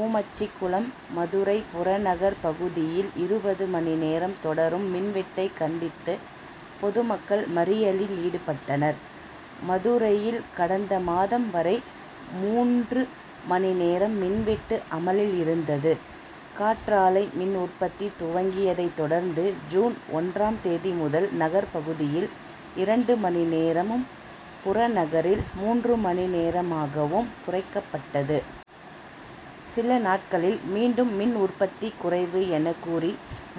ஊமச்சிகுளம் மதுரை புறநகர் பகுதியில் இருபது மணி நேரம் தொடரும் மின்வெட்டை கண்டித்து பொதுமக்கள் மறியலில் ஈடுபட்டனர். மதுரையில் கடந்த மாதம் வரை மூன்று மணி நேரம் மின்வெட்டு அமலில் இருந்தது. காற்றாலை மின் உற்பத்தி துவங்கியதை தொடர்ந்து ஜூன் ஒன்றாம் தேதி முதல் நகர் பகுதியில் இரண்டு மணி நேரமும், புறநகரில் மூன்று மணி நேரமாகவும் குறைக்கப்பட்டது. சில நாட்களில் மீண்டும் மின் உற்பத்தி குறைவு என கூறி,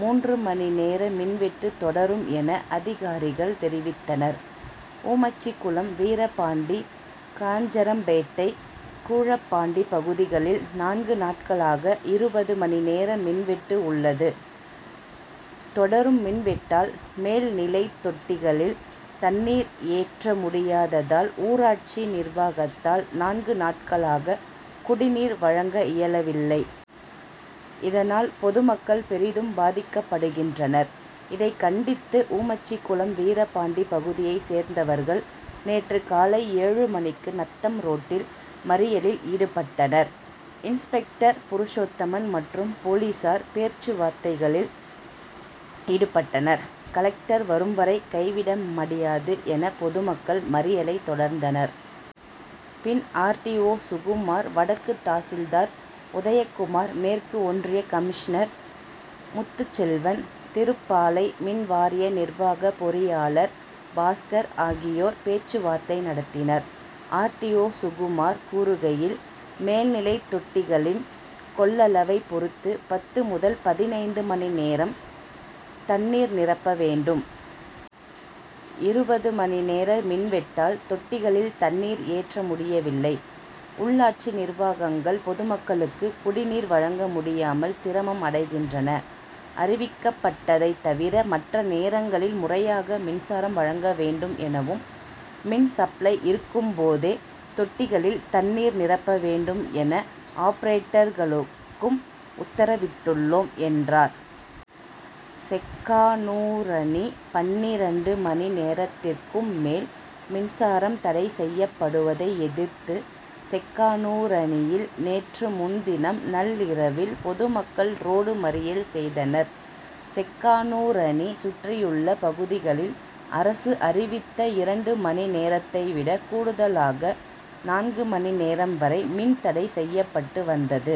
மூன்று மணி நேர மின்வெட்டு தொடரும் என அதிகாரிகள் தெரிவித்தனர். ஊமச்சிகுளம், வீரபாண்டி, காஞ்சரம்பேட்டை, கூழப்பாண்டி பகுதிகளில் நான்கு நாட்களாக இருபது மணி நேர மின்வெட்டு உள்ளது. தொடரும் மின்வெட்டால், மேல் நிலைத் தொட்டிகளில் தண்ணீர் ஏற்ற முடியாததால் ஊராட்சி நிர்வாகத்தால் நான்கு நாட்களாக குடிநீர் வழங்க இயலவில்லை. இதனால் பொதுமக்கள் பெரிதும் பாதிக்கப்படுகின்றனர். இதை கண்டித்து ஊமச்சிகுளம், வீரபாண்டி பகுதியை சேர்ந்தவர்கள் நேற்று காலை ஏழு மணிக்கு நத்தம் ரோட்டில் மறியலில் ஈடுபட்டனர். இன்ஸ்பெக்டர் புருஷோத்தமன் மற்றும் போலீசார் பேச்சுவார்த்தையில் ஈடுபட்டனர். கலெக்டர் வரும் வரை கைவிட மடியாது என பொதுமக்கள் மறியலை தொடர்ந்தனர். பின் ஆர். டி. ஓ., சுகுமார், வடக்கு தாசில்தார் உதயக்குமார், மேற்கு ஒன்றிய கமிஷனர் முத்துச்செல்வன், திருப்பாலை மின்வாரிய நிர்வாக பொறியாளர் பாஸ்கர் ஆகியோர் பேச்சுவார்த்தை நடத்தினர். ஆர். டி. ஓ., சுகுமார் கூறுகையில், மேல்நிலைத் தொட்டிகளின் கொள்ளளவை பொறுத்து பத்து முதல் பதினைந்து மணி நேரம் தண்ணீர் நிரப்ப வேண்டும். இருபது மணி நேர மின்வெட்டால் தொட்டிகளில் தண்ணீர் ஏற்ற முடியவில்லை. உள்ளாட்சி நிர்வாகங்கள் பொதுமக்களுக்கு குடிநீர் வழங்க முடியாமல் சிரமம் அடைகின்றன. அறிவிக்கப்பட்டதை தவிர மற்ற நேரங்களில் முறையாக மின்சாரம் வழங்க வேண்டும் எனவும், மின்சப்ளை இருக்கும்போதே தொட்டிகளில் தண்ணீர் நிரப்ப வேண்டும் என ஆப்பரேட்டர்களுக்கும் உத்தரவிட்டுள்ளோம், என்றார். செக்கானூரணி பன்னிரண்டு மணி நேரத்திற்கும் மேல் மின்சாரம் தடை செய்யப்படுவதை எதிர்த்து செக்கானூரணியில் நேற்று முன்தினம் நள்ளிரவில் பொதுமக்கள் ரோடு மறியல் செய்தனர். செக்கானூரணி, சுற்றியுள்ள பகுதிகளில் அரசு அறிவித்த இரண்டு மணி நேரத்தைவிட கூடுதலாக நான்கு மணி நேரம்வரை மின் தடை செய்யப்பட்டு வந்தது.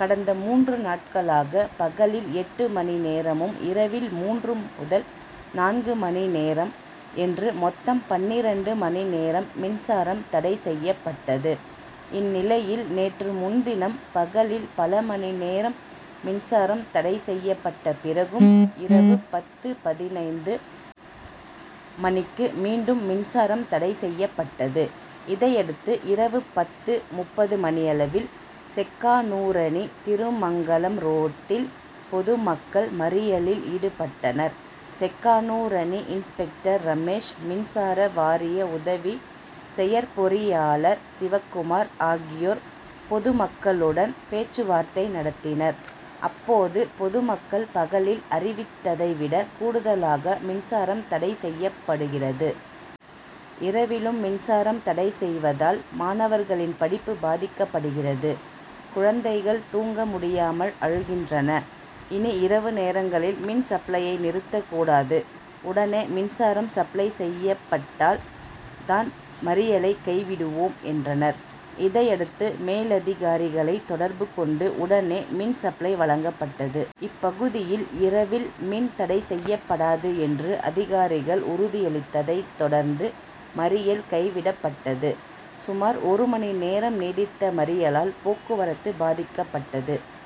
கடந்த மூன்று நாட்களாக பகலில் எட்டு மணி நேரமும், இரவில் மூன்று முதல் நான்கு மணி நேரம் என்று மொத்தம் பன்னிரண்டு மணி நேரம் மின்சாரம் தடை செய்யப்பட்டது. இந்நிலையில் நேற்று முன்தினம் பகலில் பல மணி நேரம் மின்சாரம் தடை செய்யப்பட்ட பிறகும் இரவு பத்து.பதினைந்து மணிக்கு மீண்டும் மின்சாரம் தடை செய்யப்பட்டது. இதையடுத்து இரவு பத்து.முப்பது மணியளவில் செக்கானூரணி-திருமங்கலம் ரோட்டில் பொது மக்கள் மறியலில் ஈடுபட்டனர். செக்கானூரணி இன்ஸ்பெக்டர் ரமேஷ், மின்சார வாரிய உதவி செயற்பொறியாளர் சிவக்குமார் ஆகியோர் பொதுமக்களுடன் பேச்சுவார்த்தை நடத்தினர். அப்போது பொதுமக்கள் பகலில் அறிவித்ததை விட கூடுதலாக மின்சாரம் தடை செய்யப்படுகிறது. இரவிலும் மின்சாரம் தடை செய்வதால் மாணவர்களின் படிப்பு பாதிக்கப்படுகிறது. குழந்தைகள் தூங்க முடியாமல் அழுகின்றன. இனி இரவு நேரங்களில் மின் சப்ளையை நிறுத்த கூடாது. உடனே மின்சாரம் சப்ளை செய்யப்பட்டால் தான் மறியலை கைவிடுவோம் என்றனர். இதையடுத்து மேலதிகாரிகளை தொடர்பு கொண்டு உடனே மின் சப்ளை வழங்கப்பட்டது. இப்பகுதியில் இரவில் மின் தடை செய்யப்படாது என்று அதிகாரிகள் உறுதியளித்ததைத் தொடர்ந்து மறியல் கை விடப்பட்டது. சுமார் ஒரு மணி நேரம் நீடித்த மறியலால் போக்குவரத்து பாதிக்கப்பட்டது.